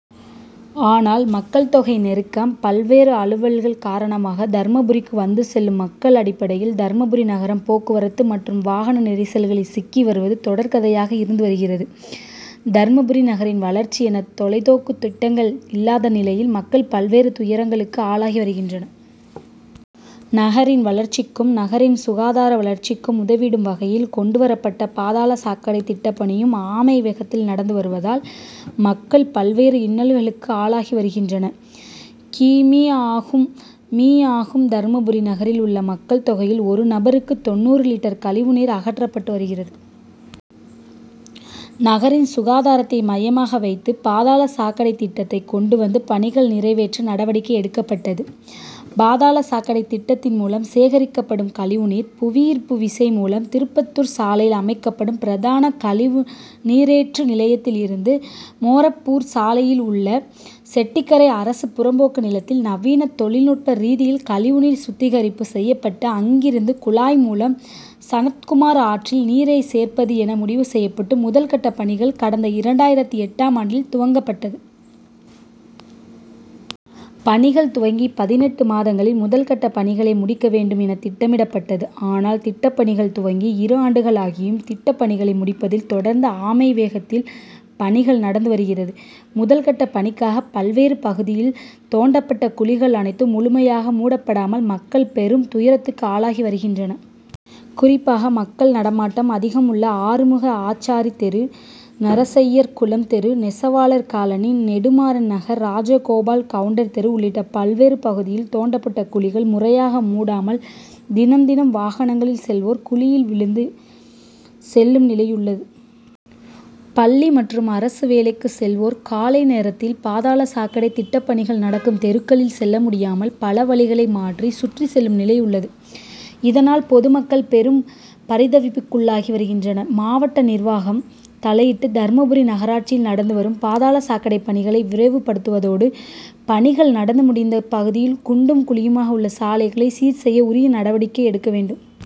ஆனால், மக்கள் தொகை நெருக்கம், பல்வேறு அலுவல்கள் காரணமாக தர்மபுரிக்கு வந்து செல்லும் மக்கள் அடிப்படையில் தர்மபுரி நகரம் போக்குவரத்து மற்றும் வாகன நெரிசல்களில் சிக்கி வருவது தொடர் கதையாக இருந்து வருகிறது. தர்மபுரி நகரின் வளர்ச்சி என தொலை நோக்கு திட்டங்கள் இல்லாத நிலையில் மக்கள் பல்வேறு துயரங்களுக்கு ஆளாகி வருகின்றனர். நகரின் வளர்ச்சிக்கும், நகரின் சுகாதார வளர்ச்சிக்கும் உதவிடும் வகையில் கொண்டு வரப்பட்ட பாதாள சாக்கடை திட்ட பணியும் ஆமை வேகத்தில் நடந்து வருவதால், மக்கள் பல்வேறு இன்னல்களுக்கு ஆளாகி வருகின்றனர். கி. மீ., ஆகும். மீ., ஆகும். தர்மபுரி நகரில் உள்ள மக்கள் தொகையில் ஒரு நபருக்கு தொண்ணூறு லிட்டர் கழிவு நீர் அகற்றப்பட்டு வருகிறது. நகரின் சுகாதாரத்தை மையமாக வைத்து பாதாள சாக்கடை திட்டத்தை கொண்டு வந்து பணிகள் நிறைவேற்ற நடவடிக்கை எடுக்கப்பட்டது. பாதாள சாக்கடை திட்டத்தின் மூலம் சேகரிக்கப்படும் கழிவு நீர் புவிஈர்ப்பு விசை மூலம் திருப்பத்தூர் சாலையில் அமைக்கப்படும் பிரதான கழிவு நீரேற்று நிலையத்தில் இருந்து மொரப்பூர் சாலையில் உள்ள செட்டிக்கரை அரசு புறம்போக்கு நிலத்தில் நவீன தொழில் நுட்ப ரீதியில் கழிவு நீர் சுத்திகரிப்பு செய்யப்பட்டு, அங்கிருந்து குழாய் மூலம் சனத்குமார் ஆற்றில் நீரை சேர்ப்பது என முடிவு செய்யப்பட்டு முதல் கட்ட பணிகள் கடந்த இரண்டாயிரத்து எட்டாம் ஆண்டில் துவங்கப்பட்டது. பணிகள் துவங்கி பதினெட்டு மாதங்களில் முதல் கட்ட பணிகளை முடிக்க வேண்டும் என திட்டமிடப்பட்டது. ஆனால், திட்ட பணிகள் துவங்கி இரு ஆண்டுகள் ஆகியும் திட்ட பணிகளை முடிப்பதில் தொடர்ந்து ஆமை வேகத்தில் பணிகள் நடந்து வருகிறது. முதல் கட்ட பணிக்காக பல்வேறு பகுதியில் தோண்டப்பட்ட குழிகள் அனைத்தும் முழுமையாக மூடப்படாமல் மக்கள் பெரும் துயரத்துக்கு ஆளாகி வருகின்றனர். குறிப்பாக மக்கள் நடமாட்டம் அதிகம் உள்ள ஆறுமுக ஆச்சாரி தெரு, நரசய்யர் குளம் தெரு, நெசவாளர் காலனி, நெடுமாறன் நகர், ராஜகோபால் கவுண்டர் தெரு உள்ளிட்ட பல்வேறு பகுதியில் தோண்டப்பட்ட குழிகள் முறையாக மூடாமல் தினம், தினம் வாகனங்களில் செல்வோர் குழியில் விழுந்து செல்லும் நிலையுள்ளது. பள்ளி மற்றும் அரசு வேலைக்கு செல்வோர் காலை நேரத்தில் பாதாள சாக்கடை திட்ட பணிகள் நடக்கும் தெருக்களில் செல்ல முடியாமல் பல வழிகளை மாற்றி சுற்றி செல்லும் நிலையுள்ளது. இதனால், பொதுமக்கள் பெரும் பரிதவிப்புக்குள்ளாகி வருகின்றனர். மாவட்ட நிர்வாகம் தலையீட்டு தர்மபுரி நகராட்சியில் நடந்து வரும் பாதாள சாக்கடை பணிகளை விரைவுப்படுத்துவதோடு, பணிகள் நடந்து முடிந்த பகுதியில் குண்டும் குழியுமாக உள்ள சாலைகளை சீர் செய்ய உரிய நடவடிக்கை எடுக்க வேண்டும்.